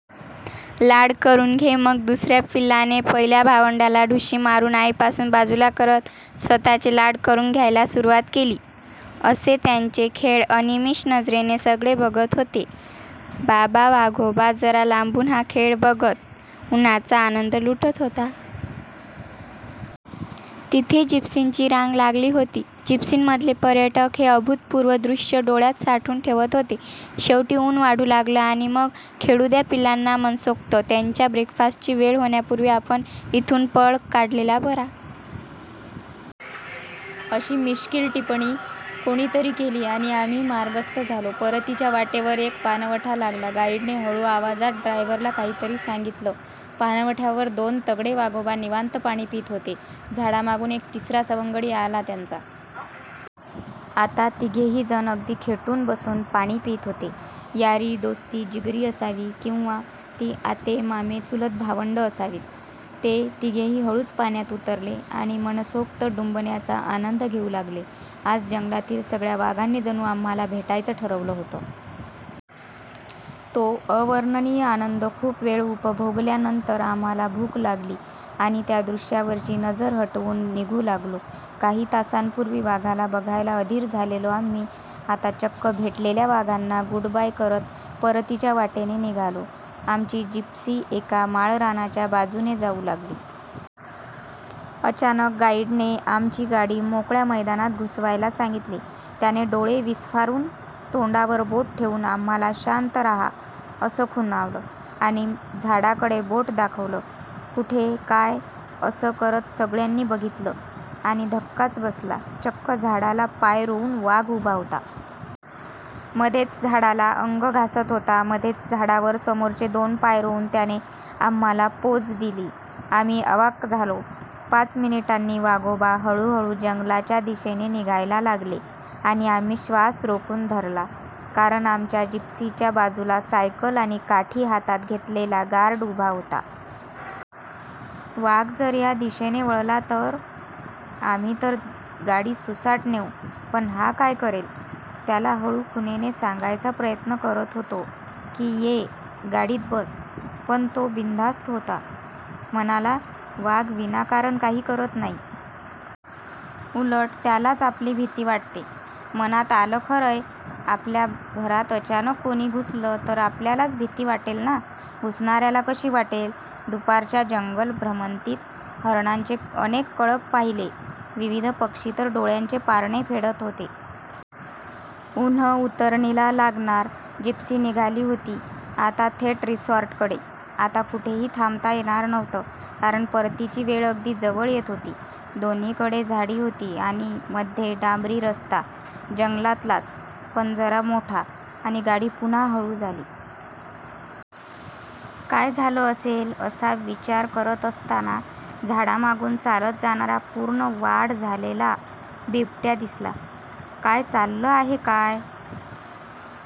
लाड करून घे, मग दुसऱ्या पिल्लाने पहिल्या भावंडाला ढुशी मारून आईपासून बाजूला करत स्वतःचे लाड करून घ्यायला सुरुवात केली. असे त्यांचे खेळ अनिमिष नजरेने सगळे बघत होते. बाबा-वाघोबा जरा लांबून हा खेळ बघत, उन्हाचा आनंद लुटत होता. तिथे जिप्सींची रांग लागली होती. जीप्सींमधले पर्यटक हे अभूतपूर्व दृश्य डोळ्यांत साठवून ठेवत होते. शेवटी ऊन वाढू लागलं आणि मग 'खेळू द्या पिल्लांना मनसोक्त, त्यांच्या ब्रेकफास्टची वेळ होण्यापूर्वी आपण इथून पळ काढलेला बरा.. ' अशी मिश्किल टिपणी कोणीतरी केली आणि आम्ही मार्गस्थ झालो! परतीच्या वाटेवर एक पाणवठा लागला. गाईडने हळू आवाजात ड्रायव्हरला काहीतरी सांगितलं. पाणवठ्यावर दोन तगडे वाघोबा निवांत पाणी पीत होते. झाडामागून एक तिसरा सवंगडी आला त्यांचा. आता तिघेहीजण अगदी खेटून बसून पाणी पीत होते... यारी दोस्ती जिगरी असावी किंवा ती आते, मामे, चुलत भावंडं असावीत. ते तिघेही हळूच पाण्यात उतरले आणि मनसोक्त डुंबण्याचा आनंद घेऊ लागले. आज जंगलातील सगळ्या वाघांनी जणू आम्हांला भेटायचं ठरवलं होतं. तो अवर्णनीय आनंद खूप वेळ उपभोगल्यानंतर आम्हांला भूक लागली आणि त्या दृश्यावरची नजर हटवून निघू लागलो. काही तासांपूर्वी वाघाला बघायला अधीर झालेलो आम्ही आता चक्क भेटलेल्या वाघांना गुडबाय करत परतीच्या वाटेने निघालो. आमची जिप्सी एका माळरानाच्या बाजूने जाऊ लागली. अचानक गाईडने आमची गाडी मोकळ्या मैदानात घुसवायला सांगितली. त्याने डोळे विस्फारून तोंडावर बोट ठेवून आम्हांला 'शांत राहा' असं खुणावलं आणि झाडाकडे बोट दाखवलं! कुठे, काय, असं करत सगळ्यांनी बघितलं आणि धक्काच बसला. चक्क झाडाला पाय रोवून वाघ उभा होता. मध्येच झाडाला अंग घासत होता. मध्येच झाडावर समोरचे दोन पाय रोवून त्याने आम्हांला पोझ दिली! आम्ही अवाक् झालो. पाच मिनिटांनी वाघोबा हळूहळू जंगलाच्या दिशेने निघायला लागले. आणि आम्ही श्वास रोखून धरला, कारण आमच्या जिप्सीच्या बाजूला सायकल आणि काठी हातात घेतलेला गार्ड उभा होता. वाघ जर या दिशेने वळला तर? आम्ही तर गाडी सुसाट नेऊ, पण हा काय करेल? त्याला हळू खुणेने सांगायचा प्रयत्न करत होतो की, ये, गाडीत बस! पण तो बिनधास्त होता. म्हणाला, वाघ विनाकारण काही करत नाही. उलट त्यालाच आपली भीती वाटते! मनात आलं, खरंय, आपल्या घरात अचानक कोणी घुसलं तर आपल्यालाच भीती वाटेल ना? घुसणाऱ्याला कशी वाटेल? दुपारच्या जंगल-भ्रमंतीत हरणांचे अनेक कळप पाहिले, विविध पक्षी तर डोळ्यांचे पारणे फेडत होते. उन्हं उतरणीला लागणार जिप्सी निघाली होती आता थेट रिसॉर्टकडे. आता कुठेही थांबता येणार नव्हतं, कारण परतीची वेळ अगदी जवळ येत होती. दोन्हीकडे झाडी होती आणि मध्ये डांबरी रस्ता. जंगलातलाच, पण जरा मोठा! आणि गाडी पुन्हा हळू झाली. काय झालं असेल असा विचार करत असताना, झाडांमागून चालत जाणारा पूर्ण वाढ झालेला बिबट्या दिसला! काय चाललं आहे काय!